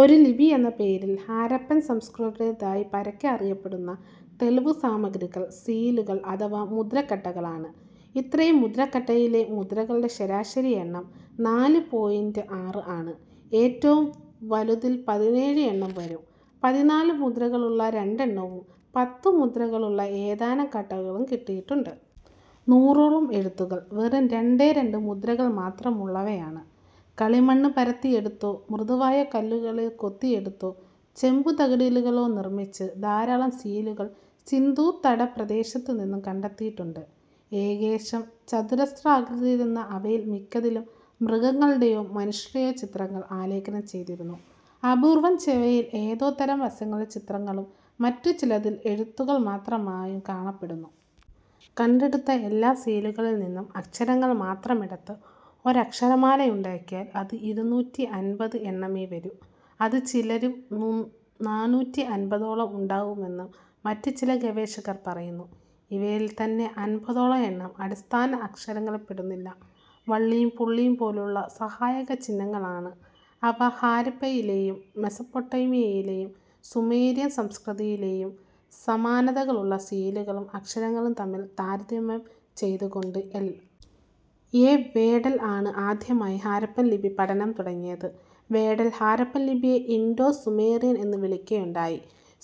ഒരു ലിപി എന്ന പേരിൽ ഹാരപ്പൻ സംസ്കൃതിയുടേതായി പരക്കെ അറിയപ്പെടുന്ന തെളിവുസാമഗ്രികൾ സീലുകൾ അഥവാ മുദ്രക്കട്ടകൾ ആണ്. ഇത്രയും മുദ്രക്കട്ടകളിലെ മുദ്രകളുടെ ശരാശരി എണ്ണം നാല് പോയിന്റ് ആറ് ആണ്. ഏറ്റവും വലുതിൽ പതിനേഴ് എണ്ണം വരും. പതിനാലു മുദ്രകളുള്ള രണ്ടെണ്ണവും പത്ത് മുദ്രകളുള്ള ഏതാനും കട്ടകളും കിട്ടിയിട്ടുണ്ട്. നൂറോളം എഴുത്തുകൾ വെറും രണ്ടേ രണ്ട് മുദ്രകൾ മാത്രമുള്ളവയാണ്. കളിമണ്ണ് പരത്തിയെടുത്തോ, മൃദുവായ കല്ലുകളിൽ കൊത്തിയെടുത്തോ, ചെമ്പുതകിടുകളിലോ നിർമ്മിച്ച ധാരാളം സീലുകൾ സിന്ധുതടപ്രദേശത്തുനിന്ന് കണ്ടെത്തിയിട്ടുണ്ട്. ഏകദേശം ചതുരാകൃതിയിലായിരുന്ന അവയിൽ മിക്കതിലും മൃഗങ്ങളുടേയോ മനുഷ്യരുടേയോ ചിത്രങ്ങൾ ആലേഖനം ചെയ്തിരുന്നു. അപൂർവം ചിലവയിൽ ഏതോ തരം സസ്യങ്ങളുടെ ചിത്രങ്ങളും മറ്റു ചിലതിൽ എഴുത്തുകൾ മാത്രമായും കാണപ്പെടുന്നു. കണ്ടെടുത്ത എല്ലാ സീലുകളിൽനിന്നും അക്ഷരങ്ങൾ മാത്രമെടുത്ത് ഒരക്ഷരമാലയുണ്ടാക്കിയാൽ അത് ഇരുന്നൂറ്റി അമ്പത് എണ്ണമേ വരൂ എന്ന് ചിലരും നാനൂറ്റി അമ്പതോളം ഉണ്ടാവുമെന്ന് മറ്റു ചില ഗവേഷകരും പറയുന്നു. ഇവയിൽത്തന്നെ അമ്പതോളം എണ്ണം അടിസ്ഥാന അക്ഷരങ്ങളിൽപ്പെടുന്നില്ല. വള്ളിയും പുള്ളിയും പോലുള്ള സഹായക ചിഹ്നങ്ങളാണ് അവ. ഹരപ്പയിലേയും മെസോപൊട്ടേമിയയിലേയും സുമേരിയൻ സംസ്കൃതിയിലേയും സമാനതകളുള്ള സീലുകളും അക്ഷരങ്ങളും തമ്മിൽ താരതമ്യം ചെയ്തുകൊണ്ട് എൽ. എ. വേഡൽ ആണ് ആദ്യമായി ഹാരപ്പൻ ലിപി പഠനം തുടങ്ങിയത്. വേഡൽ ഹാരപ്പൻ ലിപിയെ ഇൻഡോ സുമേറിയൻ എന്നു വിളിക്കുകയുണ്ടായി.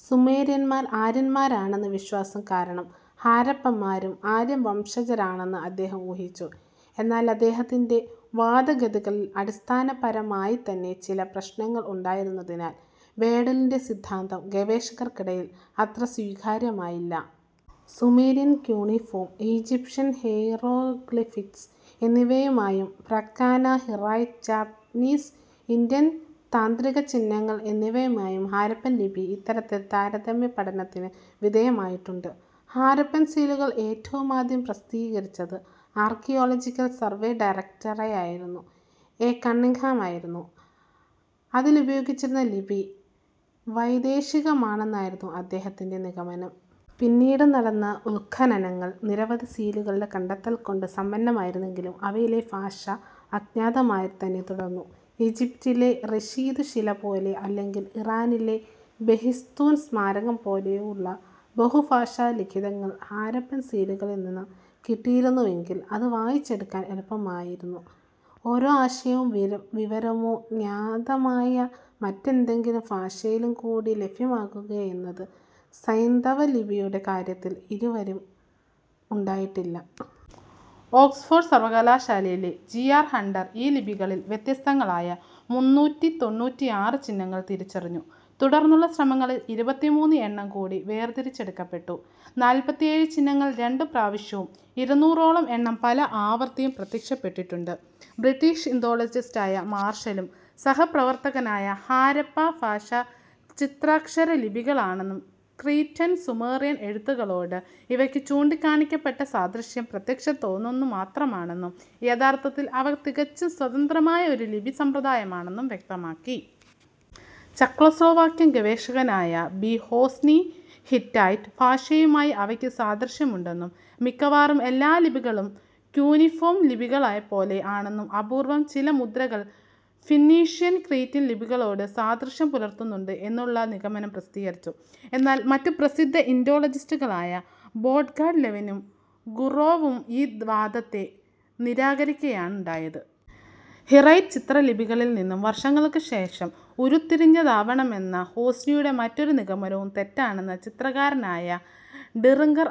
സുമേരിയന്മാർ ആര്യന്മാരാണെന്ന വിശ്വാസം കാരണം ഹാരപ്പന്മാരും ആര്യൻ വംശജരാണെന്ന് അദ്ദേഹം ഊഹിച്ചു. എന്നാൽ അദ്ദേഹത്തിൻ്റെ വാദഗതികളിൽ അടിസ്ഥാനപരമായിത്തന്നെ ചില പ്രശ്നങ്ങൾ ഉണ്ടായിരുന്നതിനാൽ വേഡലിൻ്റെ സിദ്ധാന്തം ഗവേഷകർക്കിടയിൽ അത്ര സ്വീകാര്യമായില്ല. സുമേരിയൻ കൂണിഫോം, ഈജിപ്ഷ്യൻ ഹേയ്റോഗ്ലിഫിക്സ് എന്നിവയുമായും പ്രാക്തന ഹിറൈറ്റ്, ചൈനീസ്, ഇന്ത്യൻ താന്ത്രിക ചിഹ്നങ്ങൾ എന്നിവയുമായും ഹാരപ്പൻ ലിപി ഇത്തരത്തിൽ താരതമ്യപഠനത്തിനു വിധേയമായിട്ടുണ്ട്. ഹാരപ്പൻ സീലുകൾ ഏറ്റവുമാദ്യം പ്രസിദ്ധീകരിച്ചത് ആർക്കിയോളജിക്കൽ സർവേ ഡയറക്റ്ററായിരുന്ന എ. കണ്ണിങ്ങ്ഹാം ആയിരുന്നു. അതിൽ ഉപയോഗിച്ചിരിക്കുന്ന ലിപി വൈദേശികമാണെന്നായിരുന്നു അദ്ദേഹത്തിൻ്റെ നിഗമനം. പിന്നീട് നടന്ന ഉത്ഖനനങ്ങൾ നിരവധി സീലുകളുടെ കണ്ടെത്തൽകൊണ്ട് സമ്പന്നമായിരുന്നെങ്കിലും അവയിലെ ഭാഷ അജ്ഞാതമായിത്തന്നെ തുടർന്നു. ഈജിപ്തിലെ റഷീദു ശില പോലെയോ അല്ലെങ്കിൽ ഇറാനിലെ ബെഹിസ്തൂൻ സ്മാരകം പോലെയോ ഉള്ള ബഹുഭാഷാലിഖിതങ്ങൾ ഹരപ്പൻ സീലുകളിൽനിന്ന് കിട്ടിയിരുന്നുവെങ്കിൽ അത് വായിച്ചെടുക്കാൻ എളുപ്പമാകുമായിരുന്നു. ഒരേ ആശയമോ വിവരമോ ജ്ഞാതമായ മറ്റേതെങ്കിലും ഭാഷയിലുംകൂടി ലഭ്യമാകുകയെന്നത് സൈന്ധവലിപിയുടെ കാര്യത്തിൽ ഇതുവരെയും ഉണ്ടായിട്ടില്ല. ഓക്സ്ഫോർഡ് സർവകലാശാലയിലെ ജി. ആർ. ഹണ്ടർ ഈ ലിപികളിലെ വ്യത്യസ്തങ്ങളായ മുന്നൂറ്റി തൊണ്ണൂറ്റിയാറ് ചിഹ്നങ്ങൾ തിരിച്ചറിഞ്ഞു. തുടർന്നുള്ള ശ്രമങ്ങളിൽ ഇരുപത്തിമൂന്ന് എണ്ണം കൂടി വേർതിരിച്ചെടുക്കപ്പെട്ടു. നാൽപ്പത്തിയേഴ് ചിഹ്നങ്ങൾ രണ്ട് പ്രാവശ്യവും ഇരുന്നൂറോളം എണ്ണം പല ആവർത്തിയും പ്രത്യക്ഷപ്പെട്ടിട്ടുണ്ട്. ബ്രിട്ടിഷ് ഇന്തോളജിസ്റ്റായ മാർഷലും സഹപ്രവർത്തകരും ഹരപ്പൻ ഭാഷ ചിത്രാക്ഷരലിപികളാണെന്നും ക്രീറ്റൻ സുമേറിയൻ എഴുത്തുകളോട് ഇവയ്ക്ക് ചൂണ്ടിക്കാണിക്കപ്പെട്ട സാദൃശ്യം പ്രത്യക്ഷത്തിൽ തോന്നുന്നതുമാത്രമാണെന്നും യഥാർഥത്തിൽ അവ തികച്ചും സ്വതന്ത്രമായ ഒരു ലിപി സമ്പ്രദായമാണെന്നും വ്യക്തമാക്കി. ചെക്കോസ്ലാവാക്യൻ ഗവേഷകനായ ബി. ഹോസ്നി ഹിറൈറ്റ് ഭാഷയുമായി ആശയുമായി അവക്ക് സാദൃശ്യമുണ്ടെന്നും, മിക്കവാറും എല്ലാ ലിപികളും ക്യൂനിഫോം ലിപികളെപ്പോലെ ആണെന്നും അപൂർവം ചില മുദ്രകൾ ഫിന്നീഷ്യൻ ക്രീറ്റൻ ലിപികളോടും സാദൃശ്യം പുലർത്തുന്നുണ്ട് എന്നുമുള്ള നിഗമനം പ്രസിദ്ധീകരിച്ചു. എന്നാൽ മറ്റു പ്രസിദ്ധ ഇന്തോളജിസ്റ്റുകളായ ബോൺഗാഡ് ലെവിനും ഗുറോവും ഈ വാദത്തെ നിരാകരിക്കുകയാണ് ഉണ്ടായത്. ഹിറൈറ്റ് ചിത്രലിപികളിൽ നിന്ന് വർഷങ്ങൾക്കു ശേഷം ഉരുത്തിരിഞ്ഞതാവാമെന്ന ഹോസ്നിയുടെ മറ്റൊരു നിഗമനവും തെറ്റാണെന്നാണ് ചരിത്രകാരനായ ഡിറിംഗർ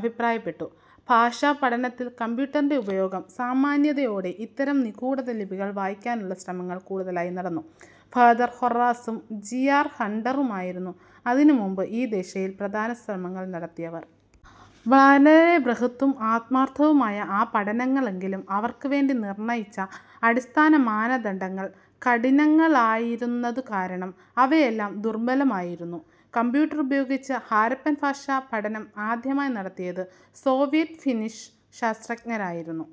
അഭിപ്രായപ്പെട്ടത്. ഭാഷാപഠനത്തിൽ കമ്പ്യൂട്ടറിൻ്റെ ഉപയോഗം സാധ്യമായതോടെ ഇത്തരം നിഗൂഢലിപികൾ വായിക്കാനുള്ള ശ്രമങ്ങൾ കൂടുതലായി നടന്നു. ഫാ. ഹെറാസും ജി. ആർ. ഹണ്ടറുമായിരുന്നു അതിനു മുമ്പ് ഈ ദിശയിൽ പ്രധാന ശ്രമങ്ങൾ നടത്തിയവർ. വാനെ ബൃഹത്തും ആത്മാർഥവുമായിരുന്നു ആ പഠനങ്ങളെങ്കിലും അവക്കുവേണ്ടി നിർണയിച്ച അടിസ്ഥാനമാനദണ്ഡങ്ങൾ കഠിനങ്ങളായിരുന്നതുകാരണം അവയെല്ലാം ദുർബലമായിത്തീർന്നു. കമ്പ്യൂട്ടർ ഉപയോഗിച്ച് ഹാരപ്പൻ ഭാഷാ പഠനം ആദ്യമായി നടത്തിയത് സോവിയറ്റ് ഫിന്നിഷ് ശാസ്ത്രജ്ഞരായിരുന്നു.